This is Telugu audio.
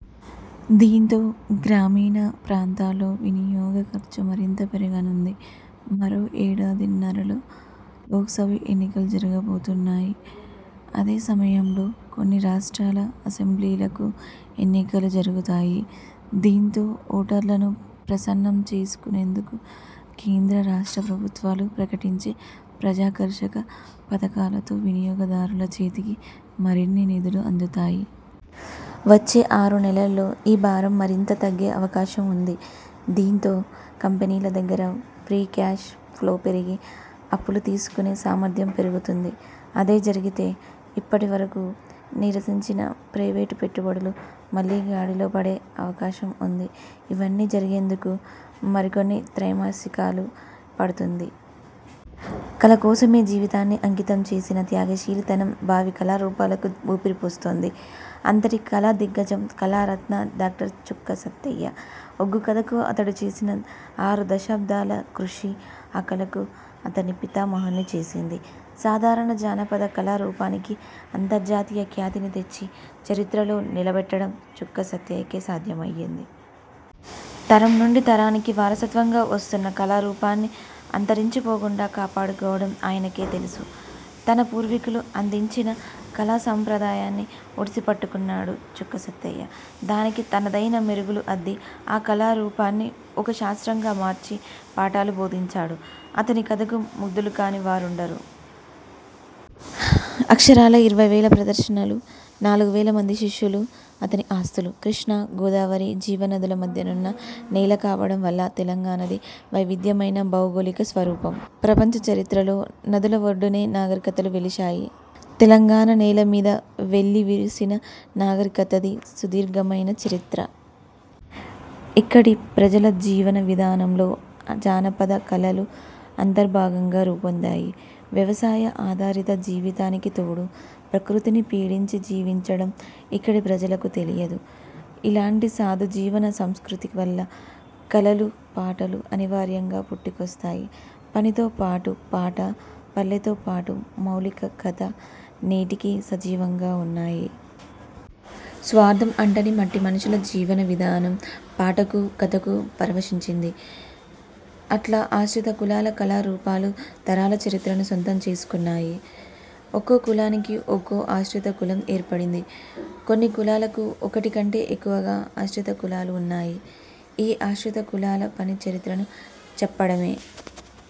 దీంతో గ్రామీణ ప్రాంతాల్లో వినియోగ ఖర్చు మరింత పెరగనుంది. మరో ఏడాదిన్నరలో లోక్సభ ఎన్నికలు జరగబోతున్నాయి. అదే సమయంలో కొన్ని రాష్ట్రాల అసెంబ్లీలకూ ఎన్నికలు జరుగుతాయి. దీంతో ఓటర్లను ప్రసన్నం చేసుకునేందుకు కేంద్ర-రాష్ట్ర ప్రభుత్వాలు ప్రకటించే ప్రజాకర్షక పథకాలతో వినియోగదారుల చేతికి మరిన్ని నిధులు అందుతాయి. వచ్చే ఆరు నెలల్లో ఈ భారం మరింత తగ్గే అవకాశం ఉంది. దీంతో కంపెనీల దగ్గర ఫ్రీ క్యాష్ ఫ్లో పెరిగి అప్పులు తీసుకునే సామర్ధ్యం పెరుగుతుంది. అదే జరిగితే ఇప్పటివరకు నీరసించిన ప్రైవేట్ పెట్టుబడులు మళ్లీ గాడిలో పడే అవకాశం ఉంది. ఇవన్నీ జరిగేందుకు మరికొన్ని త్రైమాసికాలు పడుతుంది. కళ కోసమే జీవితాన్ని అంకితం చేసిన త్యాగశీలితనం భావి కళారూపాలకు ఊపిరిపోస్తుంది. అంతటి కళాదిగ్గజం కళారత్న డా. చుక్క సత్తయ్య. ఒగ్గు కథకు అతడు చేసిన ఆరుదశాబ్దాల కృషి, ఆ కళకు అతణ్ణి పితామహున్ని చేసింది. సాధారణ జానపద కళారూపానికి అంతర్జాతీయ ఖ్యాతిని తెచ్చి, చరిత్రలో నిలబెట్టడం చుక్క సత్తయ్యకే సాధ్యమయ్యింది. తరం నుండి తరానికి వారసత్వంగా వస్తున్న కళారూపాన్ని, అంతరించి పోకుండా కాపాడుకోవడం ఆయనకే తెలుసు. తన పూర్వీకులు అందించిన కళా సంప్రదాయాన్ని ఒడిసిపట్టుకున్నాడు చుక్క సత్తయ్య. దానికి తనదైన మెరుగులు అద్ది ఆ కళారూపాన్ని ఒక శాస్త్రంగా మార్చి పాఠాలు బోధించాడు. అతని కథకు ముగ్ధులుకాని వారుండరు. అక్షరాలా ఇరవై వేల ప్రదర్శనలు, నాలుగువేల మంది శిష్యులు అతని ఆస్తులు. కృష్ణా, గోదావరి జీవనదుల మధ్యనున్న నేల కావడం వల్ల తెలంగాణది వైవిధ్యమైన భౌగోళిక స్వరూపం. ప్రపంచ చరిత్రలో నదుల ఒడ్డున్నే నాగరికతలు వెలిశాయి. తెలంగాణ నేల మీద వెల్లివిరిసిన నాగరికతది సుదీర్ఘమైన చరిత్ర. ఇక్కడి ప్రజల జీవన విధానంలో జానపద కళలు అంతర్భాగంగా రూపొందాయి. వ్యవసాయ ఆధారిత జీవితానికి తోడు, ప్రకృతిని పీడించి జీవించడం ఇక్కడి ప్రజలకు తెలియదు. ఇలాంటి సాధుజీవన సంస్కృతి వల్ల కళలు, పాటలు అనివార్యంగా పుట్టుకొస్తాయి. పనితోపాటు పాట, పల్లెతో పాటు మౌఖిక కథ నేటికి సజీవంగా ఉన్నాయి. స్వార్థం అంటని మట్టిమనుషుల జీవన విధానం పాటకు, కథకు పరవశించింది. అట్లా ఆశ్రిత కులాల కళారూపాలు తరాల చరిత్రను సొంతం చేసుకున్నాయి. ఒక్కో కులానికి ఒక్కో ఆశ్రిత కులం ఏర్పడింది. కొన్ని కులాలకు ఒకటి కంటే ఎక్కువగా ఆశ్రిత కులాలు ఉన్నాయి. ఈ ఆశ్రిత కులాల పని చరిత్రను చెప్పడమే.